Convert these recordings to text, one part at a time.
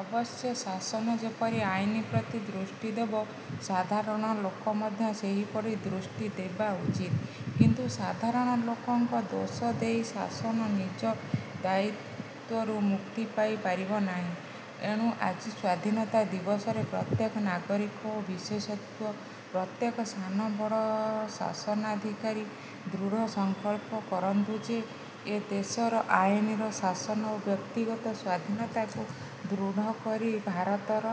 ଅବଶ୍ୟ ଶାସନ ଯେପରି ଆଇନପ୍ରତି ଦୃଷ୍ଟି ଦେବ ସାଧାରଣ ଲୋକ ମଧ୍ୟ ସେହିପରି ଦୃଷ୍ଟି ଦେବା ଉଚିତ। କିନ୍ତୁ ସାଧାରଣ ଲୋକଙ୍କ ଦୋଷ ଦେଇ ଶାସନ ନିଜ ଦାୟିତ୍ୱରୁ ମୁକ୍ତି ପାଇ ପାରିବ ନାହିଁ। ଏଣୁ ଆଜି ସ୍ୱାଧୀନତା ଦିବସରେ ପ୍ରତ୍ୟେକ ନାଗରିକ ଓ ବିଶେଷତଃ ପ୍ରତ୍ୟେକ ସାନ ବଡ଼ ଶାସନାଧିକାରୀ ଦୃଢ଼ ସଂକଳ୍ପ କରନ୍ତୁ ଯେ ଏ ଦେଶରେ ଆଇନର ଶାସନ ଓ ବ୍ୟକ୍ତିଗତ ସ୍ୱାଧୀନତାକୁ ଦୃଢ଼ କରି ଭାରତର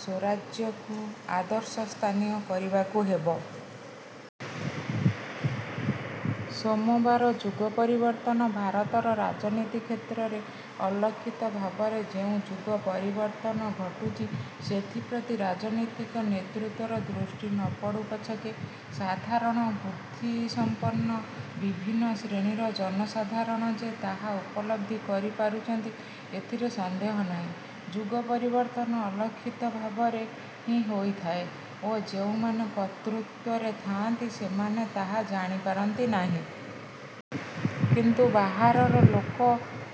ସ୍ୱରାଜ୍ୟକୁ ଆଦର୍ଶସ୍ଥାନୀୟ କରିବାକୁ ହେବ। ସୋମବାର ଯୁଗ ପରିବର୍ତ୍ତନ ଭାରତର ରାଜନୀତି କ୍ଷେତ୍ରରେ ଅଲକ୍ଷିତ ଭାବରେ ଯେଉଁ ଯୁଗ ପରିବର୍ତ୍ତନ ଘଟୁଛି ସେଥିପ୍ରତି ରାଜନୈତିକ ନେତୃତ୍ୱର ଦୃଷ୍ଟି ନପଡ଼ୁ ପଛକେ, ସାଧାରଣ ବୁଦ୍ଧି ସମ୍ପନ୍ନ ବିଭିନ୍ନ ଶ୍ରେଣୀର ଜନସାଧାରଣ ଯେ ତାହା ଉପଲବ୍ଧି କରି ପାରୁଛନ୍ତି ଏଥିରେ ସନ୍ଦେହ ନାହିଁ। ଯୁଗ ପରିବର୍ତ୍ତନ ଅଲକ୍ଷିତ ଭାବରେ ହିଁ ହୋଇଥାଏ ଓ ଯେଉଁମାନେ କର୍ତ୍ତୃତ୍ୱରେ ଥାଆନ୍ତି ସେମାନେ ତାହା ଜାଣିପାରନ୍ତି ନାହିଁ। କିନ୍ତୁ ବାହାରର ଲୋକ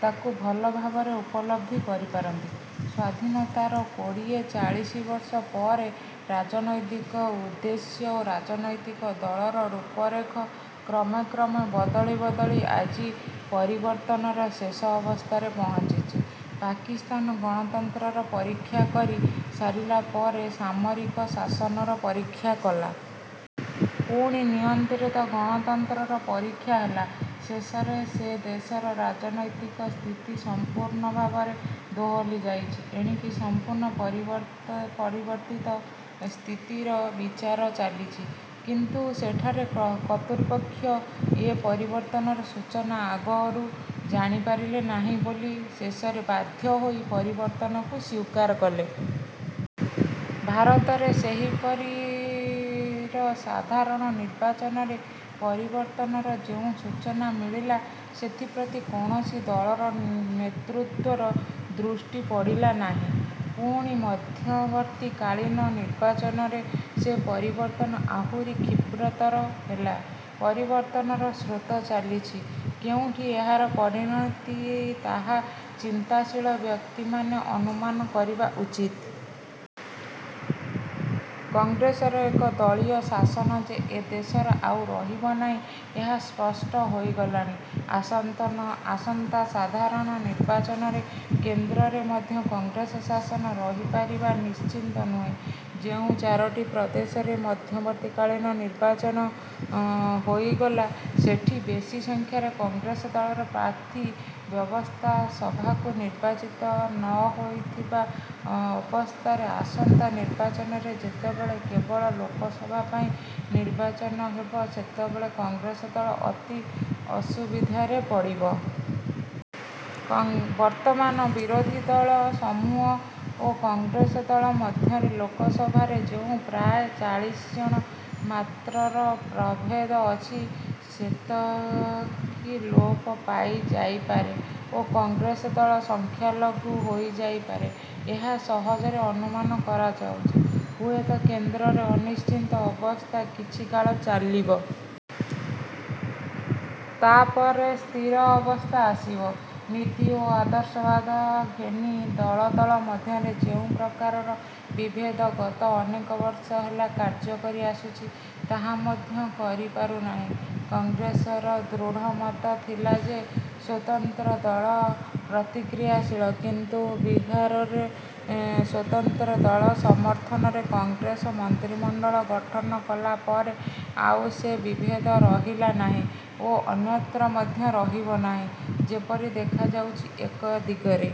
ତା'କୁ ଭଲଭାବରେ ଉପଲବ୍ଧି କରିପାରନ୍ତି। ସ୍ୱାଧୀନତାର କୋଡ଼ିଏ ବାଇଶବର୍ଷ ପରେ ରାଜନୈତିକ ଉଦ୍ଦେଶ୍ୟ ଓ ରାଜନୈତିକ ଦଳର ରୂପରେଖ କ୍ରମେ କ୍ରମେ ବଦଳି ବଦଳି ଆଜି ପରିବର୍ତ୍ତନର ଶେଷ ଅବସ୍ଥାରେ ପହଞ୍ଚିଛି। ପାକିସ୍ତାନ ଗଣତନ୍ତ୍ରର ପରୀକ୍ଷା କରି ସାରିଲାପରେ ସାମରିକ ଶାସନର ପରୀକ୍ଷା କଲା। ପୁଣି ନିୟନ୍ତ୍ରିତ ଗଣତନ୍ତ୍ରର ପରୀକ୍ଷା ହେଲା। ଶେଷରେ ସେ ଦେଶର ରାଜନୈତିକ ସ୍ଥିତି ସମ୍ପୂର୍ଣ୍ଣ ଭାବରେ ଦୋହଲି ଯାଇଛି। ଏଣିକି ସମ୍ପୂର୍ଣ୍ଣ ପରିବର୍ତ୍ତିତ ସ୍ଥିତିର ବିଚାର ଚାଲିଛି। କିନ୍ତୁ ସେଠାରେ କର୍ତ୍ତୃପକ୍ଷ ଏ ପରିବର୍ତ୍ତନର ସୂଚନା ଆଗରୁ ଜାଣିପାରିଲେ ନାହିଁ ବୋଲି ଶେଷରେ ବାଧ୍ୟ ହୋଇ ପରିବର୍ତ୍ତନଟିକୁ ସ୍ୱୀକାର କଲେ। ଭାରତରେ ସେହିପରି ର ସାଧାରଣ ନିର୍ବାଚନରେ ପରିବର୍ତ୍ତନର ଯେଉଁ ସୂଚନା ମିଳିଲା ସେଥିପ୍ରତି କୌଣସି ଦଳର ନେତୃତ୍ୱର ଦୃଷ୍ଟି ପଡ଼ିଲା ନାହିଁ। ପୁଣି ମଧ୍ୟବର୍ତ୍ତୀକାଳୀନ ନିର୍ବାଚନରେ ସେ ପରିବର୍ତ୍ତନ ଆହୁରି କ୍ଷିପ୍ରତର ହେଲା। ପରିବର୍ତ୍ତନର ସ୍ରୋତ ଚାଲିଛି। କେଉଁଠି ଏହାର ପରିଣତି ତାହା ଚିନ୍ତାଶୀଳ ବ୍ୟକ୍ତିମାନେ ଅନୁମାନ କରିବା ଉଚିତ। କଂଗ୍ରେସର ଏକ-ଦଳୀୟ ଶାସନ ଯେ ଏ ଦେଶରେ ଆଉ ରହିବ ନାହିଁ, ଏହା ସ୍ପଷ୍ଟ ହୋଇଗଲାଣି। ଆସନ୍ତା ସାଧାରଣ ନିର୍ବାଚନରେ କେନ୍ଦ୍ରରେ ମଧ୍ୟ କଂଗ୍ରେସ ଶାସନ ରହିପାରିବା ନିଶ୍ଚିତ ନୁହେଁ। ଯେଉଁ ଚାରୋଟି ପ୍ରଦେଶରେ ମଧ୍ୟବର୍ତ୍ତୀକାଳୀନ ନିର୍ବାଚନ ହୋଇଗଲା ସେଠି ବେଶି ସଂଖ୍ୟାରେ କଂଗ୍ରେସ ଦଳର ପ୍ରାର୍ଥୀ ବ୍ୟବସ୍ଥା ସଭାକୁ ନିର୍ବାଚିତ ନହୋଇଥିବା ଅବସ୍ଥାରେ ଆସନ୍ତା ନିର୍ବାଚନରେ ଯେତେବେଳେ କେବଳ ଲୋକସଭା ପାଇଁ ନିର୍ବାଚନ ହେବ ସେତେବେଳ କଂଗ୍ରେସ ଦଳ ଅତି ଅସୁବିଧାରେ ପଡ଼ିବ। ବର୍ତ୍ତମାନ ବିରୋଧୀଦଳ ସମୂହ ଓ କଂଗ୍ରେସ ଦଳ ମଧ୍ୟରେ ଲୋକସଭାରେ ଯେଉଁ ପ୍ରାୟ ଚାଳିଶ ଜଣ ମାତ୍ରର ପ୍ରଭେଦ ଅଛି ସେତକି ଲୋପ ପାଇ ଯାଇପାରେ ଓ କଂଗ୍ରେସ ଦଳ ସଂଖ୍ୟା ଲଘୁ ହୋଇଯାଇ ପାରେ- ଏହା ସହଜରେ ଅନୁମାନ କରାଯାଉଛି। ହୁଏତ କେନ୍ଦ୍ରରେ ଅନିଶ୍ଚିତ ଅବସ୍ଥା କିଛିକାଳ ଚାଲିବ। ତା'ପରେ ସ୍ଥିର ଅବସ୍ଥା ଆସିବ। ନୀତି ଓ ଆଦର୍ଶବାଦ ଘେନି ଦଳ ଦଳ ମଧ୍ୟରେ ଯେଉଁ ପ୍ରକାରର ବିଭେଦ ଗତ ଅନେକବର୍ଷ ହେଲା କାର୍ଯ୍ୟ କରି ଆସିଛି ତାହା ମଧ୍ୟ ରହିପାରୁନାହିଁ। କଂଗ୍ରେସର ଦୃଢ଼ମତ ଥିଲା ଯେ ସ୍ୱତନ୍ତ୍ର ଦଳ ପ୍ରତିକ୍ରିୟାଶୀଳ। କିନ୍ତୁ ବିହାରରେ ସ୍ୱତନ୍ତ୍ର ଦଳ ସମର୍ଥନରେ କଂଗ୍ରେସ ମନ୍ତ୍ରିମଣ୍ଡଳ ଗଠନ କଲାପରେ ଆଉ ସେ ବିଭେଦ ରହିଲା ନାହିଁ ଓ ଅନ୍ୟତ୍ର ମଧ୍ୟ ରହିବ ନାହିଁ। ଯେପରି ଦେଖାଯାଉଛି ଏକ ଦିଗରେ